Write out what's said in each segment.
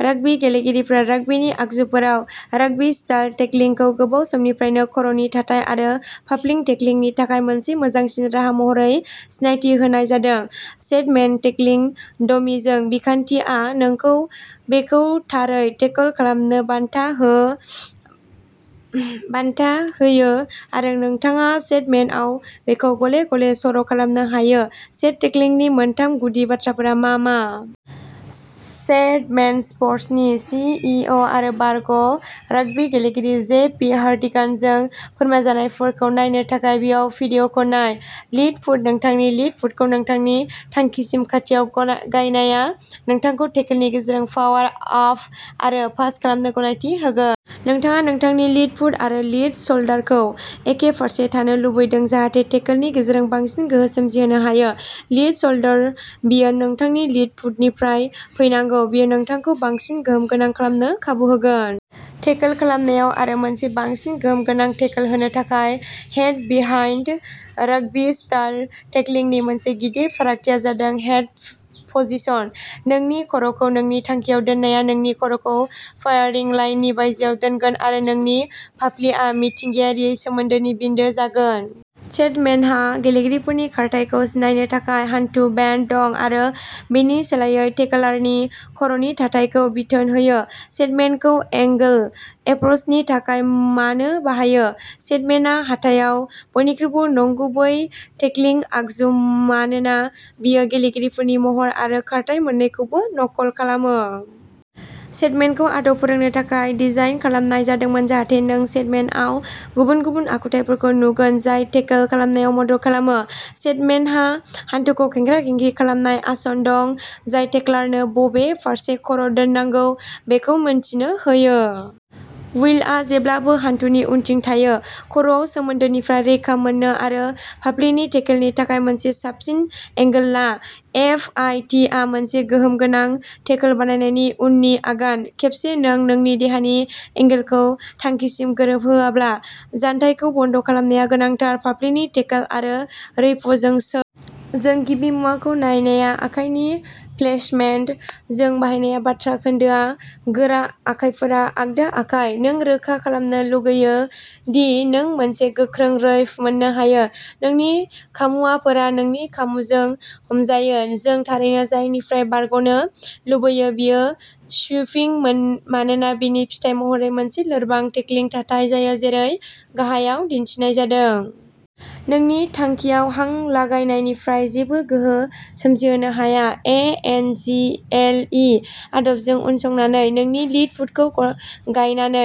Rugby गेलेगिरिफोरा राग्बीनि आगजुफोराव राग्बी स्टाइल टेकलिंखौ गोबाव समनिफ्रायनो खर'नि थाथाय आरो फाफ्लि टेकलिंनि थाखाय मोनसे मोजांसिन राहा महरै सिनायथि होनाय जादों। शेड’मेन टेकलिं डमीजों, बिखान्थिआ नोंखौ बेखौ थारै टेकल खालामनो बान्था होयो आरो नोंथाङा शेड’मेनआव बेखौ गले गले सर' खालामनो हायो। शेड’टेकलिंगनि मोनथाम गुदि बाथ्राफोरा मा मा? शेड’मेन स्पर्टसनि सि इ अ आरो बारग'राग्बी गेलेगिरि, जे पि हार्टिगानजों फोरमायजानायफोरखौ नायनो थाखाय बेयाव भिडिअ'खौ नाय। लिद फुट नोंथांनि लिद फुटखौ नोंथांनि थांखिसिम खाथियाव गायनाया नोंथांखौ टेकलनि गेजेरजों पावार आप आरो पास खालामनो गनायथि होगोन। नोंथाङा नोंथांनि लिद फुट आरो लिद शल्डारखौ एखे फारसे थानो लुबैदों जाहाथे टेकलनि गेजेरजों बांसिन गोहो सोमजिहोनो हायो। लिद श'ल्डार बेयो नोंथांनि लिद फुटनिफ्राय फैनांगौ। बेयो नोंथांखौ बांसिन गोहोम गोनां खालामनो खाबु होगोन। टेकल खालामनायाव आरो मोनसे बांसिन गोहोम गोनां टेकल होनो थाखाय। हेड बिहाइन्ड राग्बी स्टाइल टेकलिंनि मोनसे गिदिर फारागथिया जादों हेड पजिशन। नोंनि खर'खौ नोंनि थांखियाव दोननाया नोंनि खर'खौ फायारिं लाइननि बायजोआव दोनगोन आरो नोंनि फाफ्लिआ मिथिंगायारियै सोमोन्दोनि बिन्दो जागोन। शेड'मेनहा गेलेगिरिफोरनि खारथायखौ सिनायनो थाखाय हान्थु बेनड दं आरो बेनि सोलायै टेकलारनि खर'नि थाथायखौ बिथोन होयो। शेड'मेनखौ एंगोल एप्र'चनि थाखाय मानो बाहायो? शेड'मेनआ हाथायाव बयनिख्रुइबो नंगुबै टेकलिं आगजु मानोना बेयो गेलेगिरिफोरनि महर आरो खारथाइ मोननैखौबो नखल खालामो। शेड'मेनखौ आदब फोरोंनो थाखाय डिजाइन खालामनाय जादोंमोन जाहाथे नों शेड'मेनआव गुबुन गुबुन आखुथायफोरखौ नुगोन जाय टेकल खालामनायाव मदद खालामो। शेड'मेनहा हानथुखौ खेंख्रा-खेंख्रि खालामनाय आसन दं जाय टेकलारनो बबे फारसे खर' दोननांगौ बेखौ मिनथिनो होयो। उइलआ जेब्लाबो हानथुनि उनथिं थायो, खर'आव सोमोन्दोनिफ्राय रैखा मोननो आरो फाफ्लिनि टेकेलनि थाखाय मोनसे साबसिन एंगेल ला। एफ आइ टि आ मोनसे गोहोम गोनां टेकल बानायनायनि उननि आगान। खेबसे नों नोंनि देहानि एंगेलखौ थांखिसिम गोरोबहोब्ला, जानथायखौ बन्द' खालामनाया गोनांथार, फाफ्लिनि टेकल आरो रैपजों सौ। जों गिबि मुवाखौ नायनाया आखाइनि प्लेसमेन्ट। जों बाहायनाय बाथ्रा खोन्दोआ गोरा आखाइफोरा आगदा आखाइ। नों रोखा खालामनो लुगैयो दि नों मोनसे गोख्रों रैप मोननो हायो, नोंनि खामुवाफोरा नोंनि खामुजों हमजायो। जों थारैनो जायनिफ्राय बारग'नो लुगैयो बेयो स्वुपिं मानोना बेनि फिथाय महरै मोनसे लोरबां टेकलिं थाथाय जायो, जेरै गाहायाव दिन्थिनाय जादों। नोंनि थांखियाव हां लागायनायनिफ्राय जेबो गोहो सोमजिहोनो हाया। A N G L E आदबजों उनसंनानै, नोंनि लिद फुटखौ गायनानै,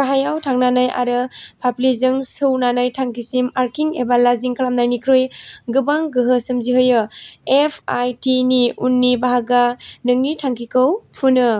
गाहायाव थांनानै आरो फाफ्लिजों सौनानै थांखिसिम आर्किं एबा लांजिं खालामनायनिख्रुइ गोबां गोहो सोमजिहोयो। एफ आइ टि नि उननि बाहागोआ नोंनि थांखिखौ फुनो।